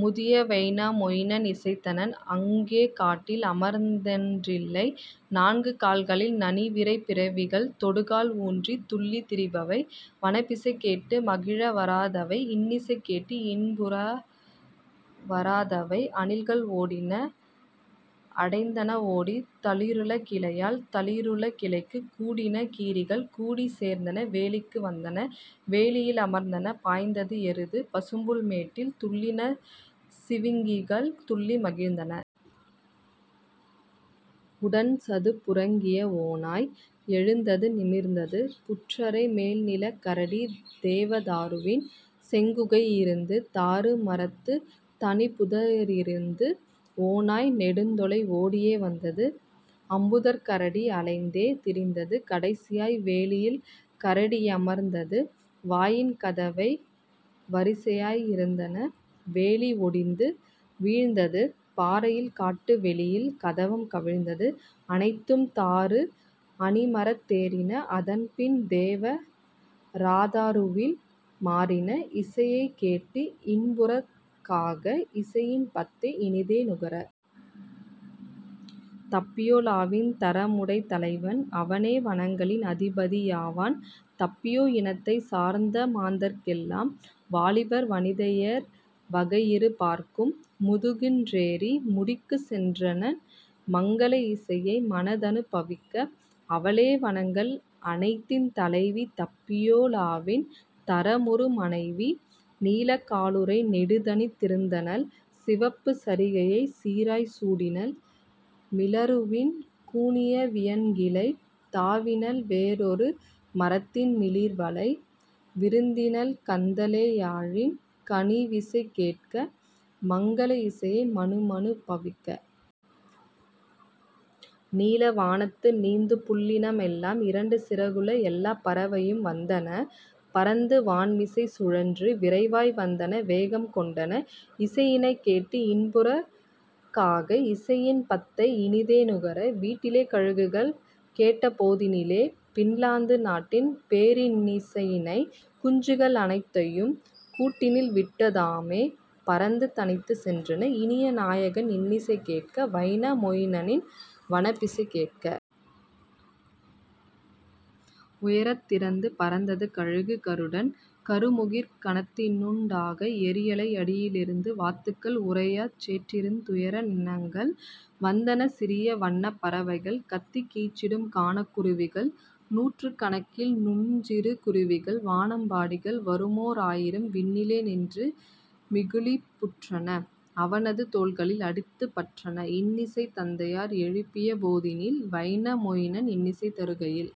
முதிய Vainamoinen இசைத்தனன் அங்கே காட்டில் அமர்ந்தொன் றில்லை நான்கு கால்களில் நனிவிரை பிறவிகள் தொடுகால் ஊன்றித் துள்ளித் திரிபவை வனப்பிசை கேட்டு மகிழ வராதவை இன்னிசை கேட்டு இன்புற வராதவை. அணில்கள் ஓடின அடைந்தன ஓடி தளிருள கிளையால் தளிருள கிளைக்கு கூடின கீரிகள் கூடிச் சேர்ந்தன வேலிக்கு வந்தன வேலியில் அமர்ந்தன பாய்ந்தது எருது பசும்புல் மேட்டில் துள்ளின சிவிங்கிகள் துள்ளி மகிழ்ந்தன. உடன்சதுப் புறங்கிய ஓநாய் எழுந்தது நிமிர்ந்தது புற்றரை மேல்நிலக் கரடி தேவ தாருவின் செழுங்குகை யிருந்து தாரு மரத்துத் தனிப்புத ரிருந்து; ஓநாய் நெடுந்தொலை ஓடியே வந்தது அம்புதர்க் கரடி அலைந்தே திரிந்தது கடைசியாய் வேலியில் கரடி யமர்ந்தது வாயின் கதவவை வரிசையாய் இருந்தன; வேலி ஒடிந்து வீழ்ந்தது பாறையில் காட்டு வெளியில் கதவம் கவிழ்ந்தது; அனைத்தும் தாரு அணிமரத் தேறின அதன்பின் தேவ ரதாருவில் மாறின இசையைக் கேட்டு இன்புறற் காக இசையின் பத்தை இனிதே நுகர. தப்பியோ லாவின் தரமுடைத் தலைவன் அவனே வனங்களின் அதிபதி யாவான் தப்பியோ இனத்தைச் சார்ந்தமாந் தர்க்கெலாம் வாலிபர் வனிதையர் வகையிரு பாற்கும், முதுகுன் றேறி முடிக்குச் சென்றனன் மங்கள இசையை மனத்தனு பவிக்க; அவளே வனங்கள் அனைத்தின் தலைவி தப்பியோ லாவின் தரமுறு மனைவி நீலக் காலுறை நெடிதணிந் திருந்தனள் சிவப்புச் சரிகையைச் சீராய்ச் சூடினள்; மிலாறுவின் கூனிய வியன்கிளைத் தாவினள் வேறொரு மரத்தின் மிளிர்வளை விருந்தனள் கந்தலே யாழின் கனிவிசை கேட்க மங்கள இசையை மனமனு பவிக்க. நீலவா னத்து நீந்துபுள் ளினமெலாம் இரண்டு சிறகுள எல்லாப் பறவையும் வந்தன பறந்து வான்மிசைச் சுழன்று விரைவாய் வந்தன வேகம் கொண்டன இசையினைக் கேட்டு இன்புறற் காக இசையின் பத்தை இனிதே நுகர. வீட்டிலே கழுகுகள் கேட்டபோ தினிலே பின்லாந்து நாட்டின் பேரின் னிசையினை குஞ்சுகள் னைத்தையும் கூட்டினில் விட்டே தாமே பறந்து தனித்துச் சென்றன இனிய நாயகன் இன்னிசை கேட்க வைனா மொயினனின் வனப்பிசை கேட்க. உயரத் திருந்து பறந்தது கழுகு கருடன் கருமுகிற் கணத்தினூ டாக எறியலை யடியி லிருந்து வாத் துக்கள் உறையாச் சேற்றிருந் துயரன் னங்கள்; வந்தன சிறிய வன்னப் பறவைகள் கத்திக் கீச்சிடும் கானக் குருவிகள் நூற்றுக் கணக்கில் நுண்சிறு குருவிகள் வானம் பாடிகள் வருமோ ராயிரம் விண்ணிலே நின்று மிகுகளிப் புற்றன அவனது தோள்களில் அடித்துப் பறந்தன இன்னிசை தந்தையார் எழுப்பிய போதினில் வைனா மொயினன் இன்னிசை தருகையில்.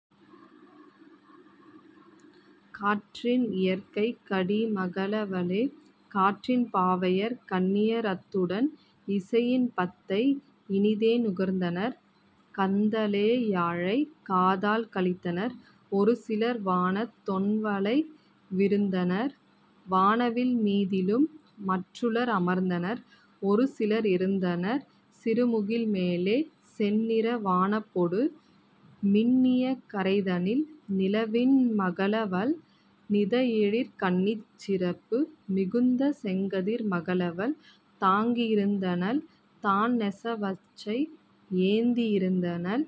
காற்றில் இயற்கைக் கடிமக ளவளே காற்றின் பாவையர் கன்னியர் அத்துடன் இசையின் பத்தை இனிதே நுகர்ந்தனர் கந்தலே யாழைக் காதால் களித்தனர் ஒருசிலர் வானத் தொண்வளை விருந்தனர் வானவில் மீதிலும் மற்றுளர் அமர்ந்தனர் ஒருசிலர் இருந்தனர் சிறுமுகில் மேலே செந்நிற வனப்பொடு மின்னிய கரைதனில். நிலவின் மகளவள் நிதஎழிற் கன்னி சிறப்பு மிகுந்த செங்கதிர் மகளவள் தாங்கி யிருந்தனள் தான்நெச வச்சை ஏந்தி யிருந்தனள்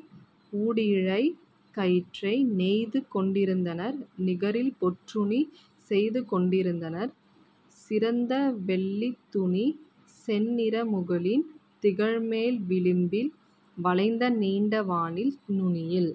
ஊடிழைக் கயிற்றை நெய்துகொண் டிருந்தனர் நிகரில் பொற்றுணி செய்துகொண் டிருந்தனர் சிறந்தவெள் ளித்துணி செந்நிற முகிலின் திகழ்மேல் விளிம்பில் வளைந்த நீண்ட வானவில் நுனியில்.